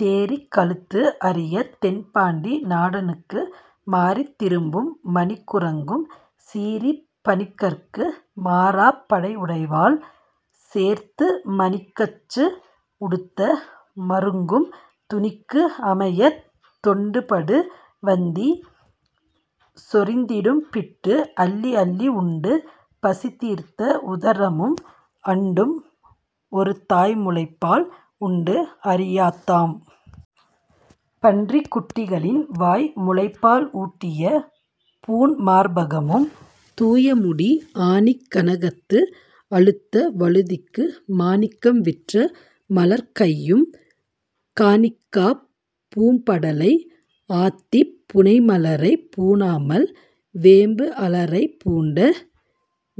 தேறிக் கழுத்து அரியத் தென்பாண்டி நாடனுக்கு மாறித் திரும்பும் மணிக் குறங்கும் சீறிப் பணிக்கற்கு மாறாப் படைஉடைவாள் சேர்த்து மணிக்கச்சு உடுத்த மருங்கும் துணிக்கு அமையத் தொண்டுபடு வந்தி சொரிந்திடும் பிட்டு அள்ளிஅள்ளி உண்டு பசிதீர்த்த உதரமும் அண்டும் ஒரு தாய்முலைப்பால் உண்டு அறியாத் தாம் பன்றிக்குட்டிகளின் வாய் முலைப்பால் ஊட்டிய பூண்மார்பகமும் தூயமுடி ஆணிக் கனகத்து அழுத்த வழுதிக்கு மாணிக்கம் விற்ற மலர்க்கையும் காணிக்காப் பூம்படலை ஆத்திப் புனைமலரைப் பூணாமல் வேம்பு அலரைப் பூண்ட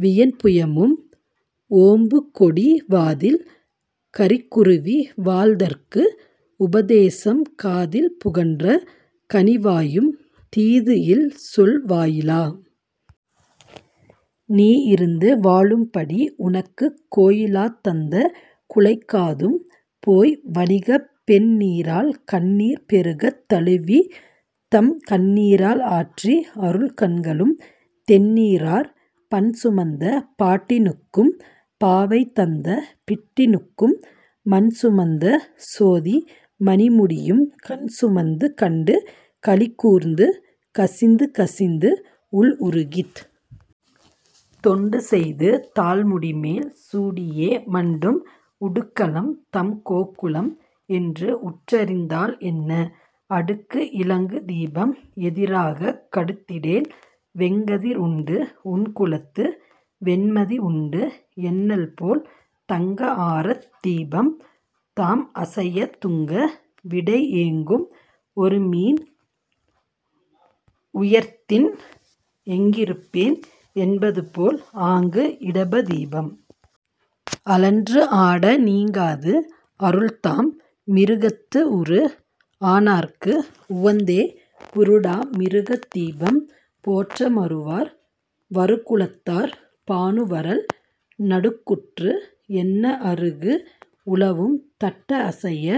வியன்புயமும் ஓம்புகொடி வாதில் கரிக்குருவி வாழ்தற்கு உபதேசம் காதில் புகன்ற கனிவாயும் தீதுஇல் சொல் வாயிலா நீ இருந்து வாழும்படி உனக்குக் கோயிலாத் தந்த குழைக்காதும் போய் வணிகப் பெண்நீராள் கண்ணீர் பெருகத் தழுவித் தம் கண்ணீரால் ஆற்றி அருள் கண்களும் தெண்ணீரார் பண்சுமந்த பாட்டினுக்கும் பாவைதந்த பிட்டினுக்கும் மண்சுமந்த சோதி மணிமுடியும் கண் சுமந்து கண்டு களிகூர்ந்து கசிந்து கசிந்து உள்உருகித் தொண்டு செய்து தாள்முடிமேல் சூடியே மண்டும் உடுக்கலம் தம்கோக்குலம் என்று உற்றறிந்தால்என்ன அடுக்கு இலங்கு தீபம் எதிராகக் கடுத்திடேல் வெங்கதிர் உண்டு உன்குலத்து வெண்மதிஉண்டு என்னல்போல் தங்க ஆரத் தீபம் தாம் அசையத் துங்க விடை ஏங்கும் ஒருமீன் உயர்த்தின் எங்கிருப்பேன் என்பதுபோல் ஆங்கு இடபதீபம் அழன்றுஆட நீங்காது அருள் தாம் மிருகத்துஉரு ஆனார்க்கு உவந்தே புருடா மிருகத் தீபம் போற்ற மருவார் வருகுலத்தார் பானு வரல் நடுக்குற்று என்ன அருகு உலவும் தட்ட அசைய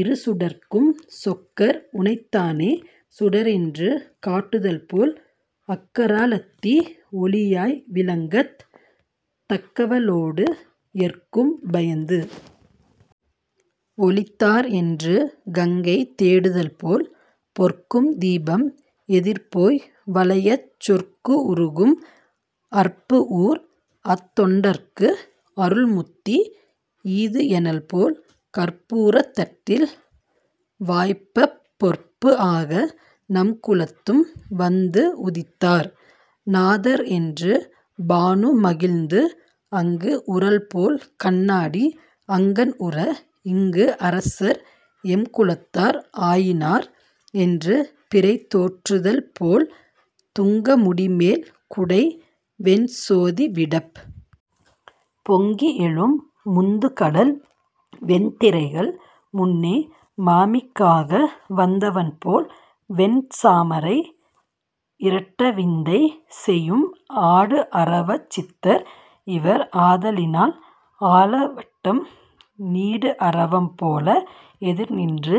இருசுடர்க்கும் சொக்கர் உனைத்தானே சுடர்என்று காட்டுதல்போல் அக்கரா லத்தி ஒளியாய் விளங்கத் தக்கவளோடு எற்கும் பயந்து ஒளித்தார் என்று கங்கை தேடுதல்போல் பொற்கும்தீபம் எதிர்போய் வளையச் சொற்குஉருகும் அற்புஊர் அத்தொண்டர்க்கு அருள்முத்தி ஈதுஎனல்போல் கற்பூரத் தட்டில் வாய்ப்பப் பொற்புஆக நம்குலத்தும் வந்துஉதித்தார் நாதர்என்று பானுமகிழ்ந்து அங்கு உறல்போல் கண்ணாடி அங்கண்உற இங்குஅரசர் எம்குலத்தார் ஆயினார் என்றுபிறை தோற்றுதல்போல் துங்க முடிமேல் குடை வெண்சோதிவிடப் பொங்கிஎழும் முந்துகடல் வெண்திரைகள் முன்னே மாமிக்காக வந்தவன்போல் வெண்சாமரை இரட்ட விந்தை செயும் ஆடுஅரவச் சித்தர் இவர் ஆதலினால் ஆலவட்டம் நீடுஅரவம் போல எதிர்நின்று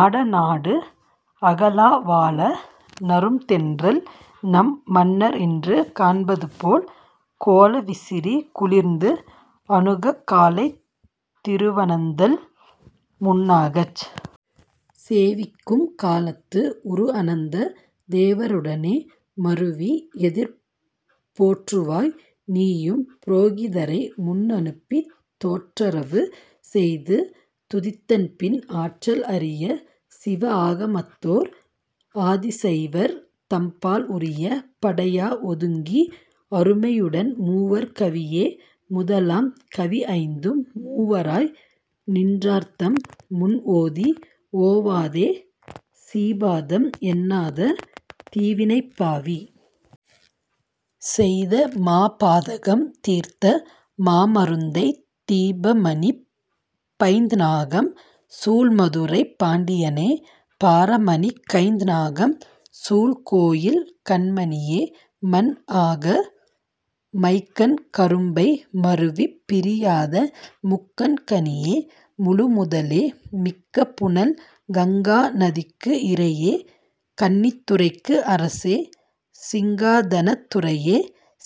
ஆட நாடு அகலா வால நறும்தென்றல் நம் மன்னர்என்று காண்பதுபோல் கோல விசிறி குளிர்ந்து அணுகக் காலைத் திருவனந்தல் முன்னாகச் சேவிக்கும் காலத்து உருஅனந்த தேவருடனே மருவி எதிர் போற்றுவாய் நீயும் புரோகிதரை முன்அனுப்பித் தோற்றரவு செய்து துதித்தன்பின் ஆற்றல் அரிய சிவஆகமத்தோர் ஆதிசைவர் தம்பால் உரிய படையா ஒதுங்கி அருமையுடன் மூவர் கவியே முதலாம் கவிஐந்தும் மூவராய் நின்றார்தம் முன்ஓதி ஓவாதே சீபாதம் எண்ணாத தீவினைப்பாவி செய்த மாபாதகம் தீர்த்த மாமருந்தைத் தீபமணிப் பைந்நாகம் சூழ் மதுரைப் பாண்டியனே பாரமணிக் கைந்நாகம் சூழ்கோயில் கண்மணியே மன்ஆக மைக்கண் கரும்பை மருவிப் பிரியாத முக்கண் கனியே முழு முதலே மிக்க புனல் கங்கா நதிக்கு இறையே கன்னித்துறைக்கு அரசே சிங்காதனத் துரையே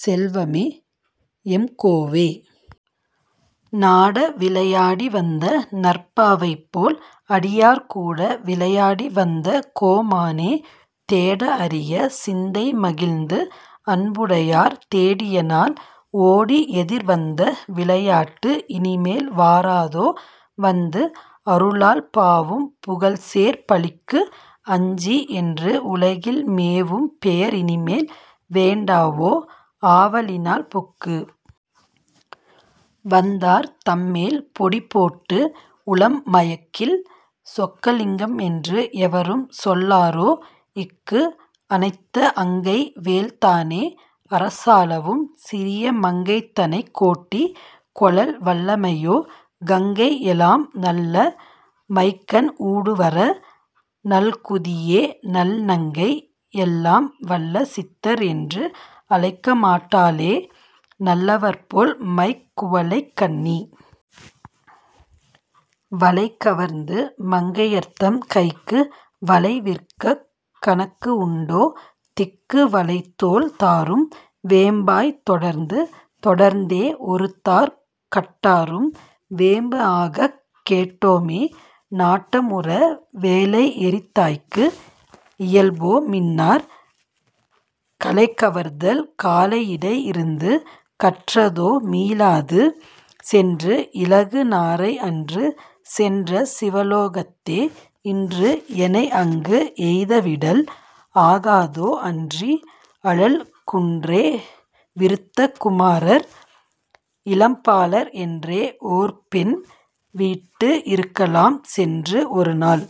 செல்வமே எம்கோவே நாட விளைஆடி வந்த நற்பாவைபோல் அடியார் கூட விளையாடி வந்த கோமானே தேடஅரிய சிந்தை மகிழ்ந்து அன்புடையார் தேடியநாள் ஓடிஎதிர் வந்த விளையாட்டு இனிமேல் வாராதோ வந்து அருளால் பாவும் புகழ்சேர் பழிக்கு அஞ்சி என்று உலகில் மேவும் பெயர் இனிமேல் வேண்டாவோ ஆவலினால் புக்கு வந்தார் தம்மேல் பொடிபோட்டு உளம் மயக்கிள் சொக்கலிங்கம் என்று எவரும் சொல்லாரோ இக்கு அணைத்த அங்கை வேள்தானே அரசாளவும் சிறிய மங்கைதனைக் கோட்டி கொளல் வல்லமையோ கங்கை எலாம் நல்ல மைக்கண் ஊடுவர நல்குதியேநல்நங்கை எல்லாம் வல்ல சித்தர் என்று அழைக்கமாட்டாளே நல்லவர்போல் மைக் குவளைக்கண்ணி வளைகவர்ந்து மங்கையர்தம் கைக்கு வளை விற்கக் கனக்கு உண்டோ திக்கு வளை தோள் தாரும் வேம்பாய்த் தொடர்ந்து தொடர்ந்தே ஒருதார் கட்டாரும் வேம்பு ஆகக் கேட்டோ மே நாட்டம்உற வேளைஎரித்தாய்க்கு இயல்போ மின்னார் கலைகவர்தல் காளையிடை இருந்து கற்றதோ மீளாது சென்று இலகு நாரை அன்று சென்ற சிவலோகத்தே இன்று எனை அங்கு எய்தவிடல் ஆகாதோ அன்றி அழல் குன்றே விருத்த குமாரர் இளம்பாலர் என்றே ஓர் பெண் வீட்டு இருக்கலாம் சென்று ஒருநாள்।